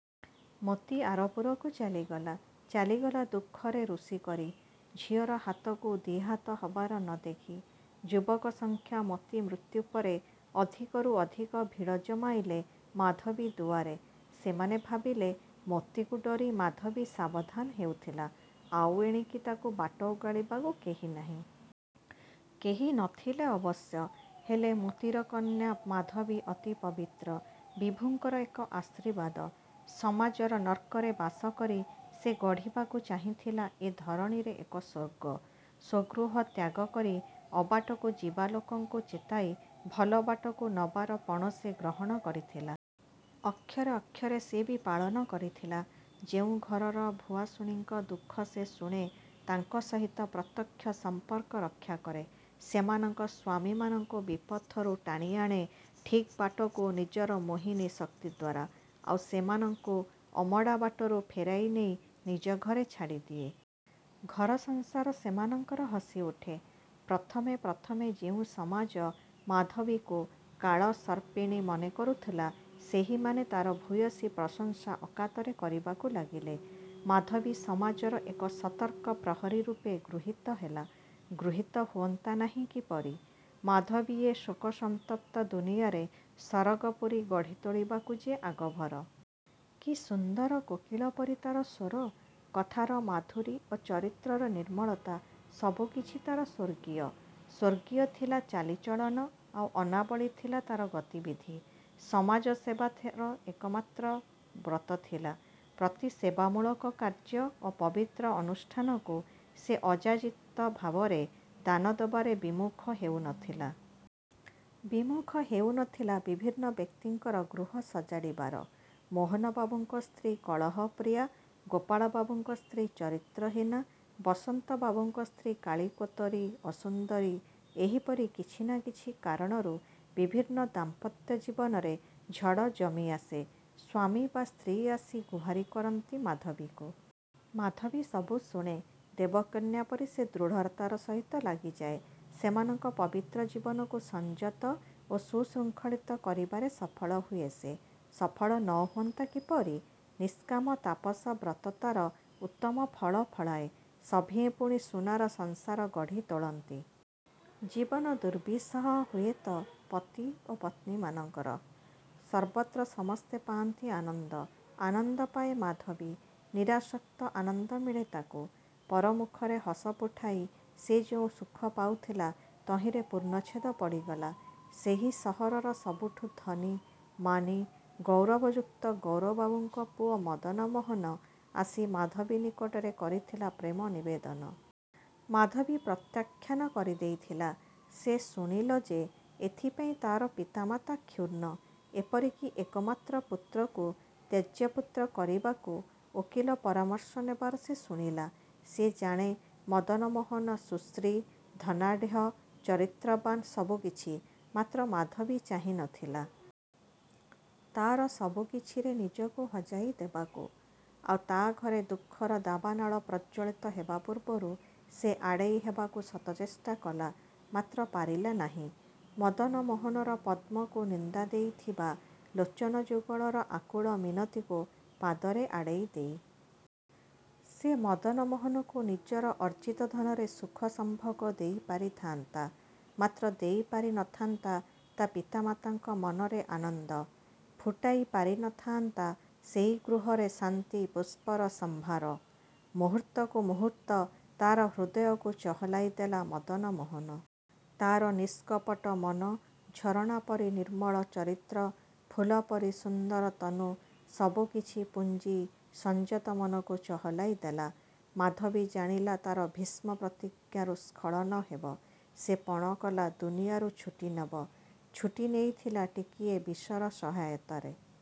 ମୋତି ଆରପୁରକୁ ଚାଲିଗଲା। ଚାଲିଗଲା ଦୁଃଖରେ ରୁଷି କରି। ଝିଅର ହାତକୁ ଦି'ହାତ ହବାର ନ ଦେଖି। ଯୁବକ ସଂଖ୍ୟା ମୋତି ମୃତ୍ୟୁ ପରେ ଅଧିକରୁ ଅଧିକ ଭିଡ଼ ଜମାଇଲେ ମାଧବୀ ଦୁଆରେ। ସେମାନେ ଭାବିଲେ, ମୋତିକୁ ଡରି ମାଧବୀ ସାବଧାନ ହେଉଥିଲା। ଆଉ ଏଣିକି ତାକୁ ବାଟ ଓଗାଳିବାକୁ କେହି ନାହିଁ। କେହି ନ ଥିଲେ ଅବଶ୍ୟ। ହେଲେ ମୋତିର କନ୍ୟା ମାଧବୀ ଅତି ପବିତ୍ର। ବିଭୁଙ୍କର ଏକ ଆଶୀର୍ବାଦ। ସମାଜର ନର୍କରେ ବାସ କରି ସେ ଗଢ଼ିବାକୁ ଚାହିଁଥିଲା ଏ ଧରଣୀରେ ଏକ ସ୍ୱର୍ଗ-। ସ୍ୱଗୃହ ତ୍ୟାଗ କରି ଅବାଟକୁ ଯିବା ଲୋକଙ୍କୁ ଚେତାଇ ଭଲବାଟକୁ ନବାର ପଣ ସେ ଗ୍ରହଣ କରିଥିଲା। ଅକ୍ଷର ଅକ୍ଷରେ ସେ ବି ପାଳନ କରିଥିଲା। ଯେଉଁ ଘରର ଭୁଆଷୁଣୀଙ୍କ ଦୁଃଖ ସେ ଶୁଣେ, ତାଙ୍କ ସହିତ ପ୍ରତ୍ୟକ୍ଷ ସମ୍ପର୍କ ରକ୍ଷା କରେ। ସେମାନଙ୍କ ସ୍ୱାମୀମାନଙ୍କୁ ବିପଥରୁ ଟାଣି ଆଣେ ଠିକ୍ ବାଟକୁ ନିଜର ମୋହିନୀ ଶକ୍ତି ଦ୍ୱାରା। ଆଉ ସେମାନଙ୍କୁ ଅମଡ଼ାବାଟରୁ ଫେରାଇ ନେଇ ନିଜ ଘରେ ଛାଡ଼ିଦିଏ। ଘରସଂସାର ସେମାନଙ୍କର ହସି ଉଠେ। ପ୍ରଥମେ ପ୍ରଥମେ ଯେଉଁ ସମାଜ ମାଧବୀକୁ କାଳ ସର୍ପିଣୀମନେ କରୁଥିଲା, ସେହିମାନେ ତାର ଭୂୟସୀ ପ୍ରଶଂସା ଅକାତରେ କରିବାକୁ ଲାଗିଲେ। ମାଧବୀ ସମାଜର ଏକ ସତର୍କ ପ୍ରହରୀ ରୂପେ ଗୃହୀତ ହେଲା। ଗୃହୀତ ହୁଅନ୍ତା ନାହିଁ କିପରି? ମାଧବୀ ଏ ଶୋକ ସନ୍ତପ ଦୁନିଆଁରେ ସରଗପୁରୀ ଗଢ଼ି ତୋଳିବାକୁ ଯେ ଆଗଭର। କି ସୁନ୍ଦର କୋକିଳ ପରି ତାର ସ୍ୱର। କଥାର ମାଧୁରୀ ଓ ଚରିତ୍ରର ନିର୍ମଳତା—ସବୁକିଛି ତାର ସ୍ୱର୍ଗୀୟ। ସ୍ୱର୍ଗୀୟ ଥିଲା ଚାଲିଚଳନ ଆଉ ଅନାବଳି ଥିଲା ତାର ଗତିବିଧି। ସମାଜସେବା ତାର ଏକମାତ୍ର ବ୍ରତ ଥିଲା। ପ୍ରତି ସେବାମୂଳକ କାର୍ଯ୍ୟ ଓ ପବିତ୍ର ଅନୁଷ୍ଠାନକୁ ସେ ଅଯାଚିତ ଭାବରେ ଦାନ ଦବାରେ ବିମୁଖ ହେଉ ନ ଥିଲା। ବିମୁଖ ହେଉ ନ ଥିଲା ବିଭିନ୍ନ ବ୍ୟକ୍ତିଙ୍କର ଗୃହ ସଜାଡ଼ିବାର। ମୋହନବାବୁଙ୍କ ସ୍ତ୍ରୀ କଳହପ୍ରିୟା, ଗୋପାଳବାବୁଙ୍କ ସ୍ତ୍ରୀ ଚରିତ୍ରହୀନା, ବସନ୍ତବାବୁଙ୍କ ସ୍ତ୍ରୀ କାଳି କୋତରୀ, ଅସୁନ୍ଦରୀ, ଏହିପରି କିଛି ନା କିଛି କାରଣରୁ ବିଭିନ୍ନ ଦାମ୍ପତ୍ୟ ଜୀବନରେ ଝଡ଼ ଜମିଆସେ। ସ୍ୱାମୀ ବା ସ୍ତ୍ରୀ ଆସି ଗୁହାରୀ କରନ୍ତି ମାଧବୀକୁ। ମାଧବୀ ସବୁ ଶୁଣେ। ଦେବକନ୍ୟା ପରି ସେ ଦୃଢ଼ତାର ସହିତ ଲାଗିଯାଏ। ସେମାନଙ୍କ ପବିତ୍ର ଜୀବନକୁ ସଂଯତ ଓ ସୁଶୃଙ୍ଖଳିତ କରିବାରେ ସଫଳ ହୁଏ ସେ। ସଫଳ ନ ହୁଅନ୍ତା କିପରି? ନିଷ୍କାମ ତାପସ ବ୍ରତ ତାର ଉତ୍ତମ ଫଳ ଫଳାଏ। ସଭିଏଁ ପୁଣି ସୁନାର ସଂସାର ଗଢ଼ି ତୋଳନ୍ତି। ଜୀବନ ଦୁର୍ବିସହ ହୁଏତ ପତି ଓ ପତ୍ନୀମାନଙ୍କର। ସର୍ବତ୍ର ସମସ୍ତେ ପାଆନ୍ତି ଆନନ୍ଦ। ଆନନ୍ଦ ପାଏ ମାଧବୀ। ନିରାଶକ୍ତ ଆନନ୍ଦ ମିଳେ ତାକୁ। ପରମୁଖରେ ହସ ଫୁଟାଇ ସେ ଯେଉଁ ସୁଖ ପାଉଥିଲା, ତହିଁରେ ପୂର୍ଣ୍ଣଚ୍ଛେଦ ପଡ଼ିଗଲା। ସେହି ସହରର ସବୁଠୁ ଧନୀ, ମାନୀ, ଗୌରବ ଯୁକ୍ତ ଗୌରବାବୁଙ୍କ ପୁଅ ମଦନମୋହନ, ଆସି ମାଧବୀ ନିକଟରେ କରିଥିଲା ପ୍ରେମ ନିବେଦନ। ମାଧବୀ ପ୍ରତ୍ୟାଖ୍ୟାନ କରି ଦେଇଥିଲା। ସେ ଶୁଣିଲ ଯେ, ଏଥିପାଇଁ ତାର ପିତା ମାତା କ୍ଷୁର୍ଣ୍ଣ। ଏପରି କି ଏକମାତ୍ର ପୁତ୍ରକୁ ତ୍ୟଜ୍ୟପୁତ୍ର କରିବାକୁ ଓକିଲ ପରାମର୍ଶ ନେବାର ସେ ଶୁଣିଲା। ସେ ଜାଣେ ମଦନମୋହନ ସୁଶ୍ରୀ, ଧନାଢ଼୍ୟ, ଚରିତ୍ରବାନ୍ ସବୁ କିଛି। ମାତ୍ର ମାଧବୀ ଚାହିଁ ନ ଥିଲା। ତାର ସବୁକିଛିରେ ନିଜକୁ ହଜାଇ ଦେବାକୁ। ଆଉ ତା ଘରେ ଦୁଃଖର ଦାବାନଳ ପ୍ରଜ୍ଜ୍ୱଳିତ ହେବା ପୂର୍ବରୁ ସେ ଆଡ଼େଇ ହେବାକୁ ଶତଚେଷ୍ଟା କଲା। ମାତ୍ର ପାରିଲା ନାହିଁ। ମଦନ ମୋହନର ପଦ୍ମକୁ ନିନ୍ଦା ଦେଇଥିବା ଲୋଚନ ଯୁଗଳର ଆକୁଳ ମିନତିକୁ ପାଦରେ ଆଡ଼େଇ ଦେଇ। ସେ ମଦନମୋହନକୁ ନିଜର ଅର୍ଜିତ ଧନରେ ସୁଖ ସମ୍ଭୋଗ ଦେଇ ପାରି ଥାଆନ୍ତା। ମାତ୍ର ଦେଇ ପାରି ନଥାନ୍ତା ତା ପିତା ମାତାଙ୍କ ମନରେ ଆନନ୍ଦ। ପୁଟାଇ ପାରି ନଥାଆନ୍ତା ସେହି ଗୃହରେ ଶାନ୍ତି-ପୁଷ୍ପର ସମ୍ଭାର। ମୁହୂର୍ତ୍ତକୁ ମୁହୂର୍ତ୍ତ ତାର ହୃଦୟକୁ ଚହଲାଇ ଦେଲା ମଦନ ମୋହନ। ତାର ନିଷ୍କପଟ ମନ, ଝରଣା ପରି ନିର୍ମଳ ଚରିତ୍ର, ଫୁଲ ପରି ସୁନ୍ଦର ତନୁ, ସବୁକିଛି ପୁଞ୍ଜି ସଂଯତ ମନକୁ ଚହଲାଇ ଦେଲା। ମାଧବୀ ଜାଣିଲା ତାର ଭୀଷ୍ମ ପ୍ରତିଜ୍ଞାରୁ ସ୍ଖଳନ ହେବ। ସେ ପଣ କଲା, ଦୁନିଆରୁ ଛୁଟୀ ନେବ। ଛୁଟୀ ନେଇଥିଲା ଟିକିଏ ବିଷର ସହାୟତାରେ।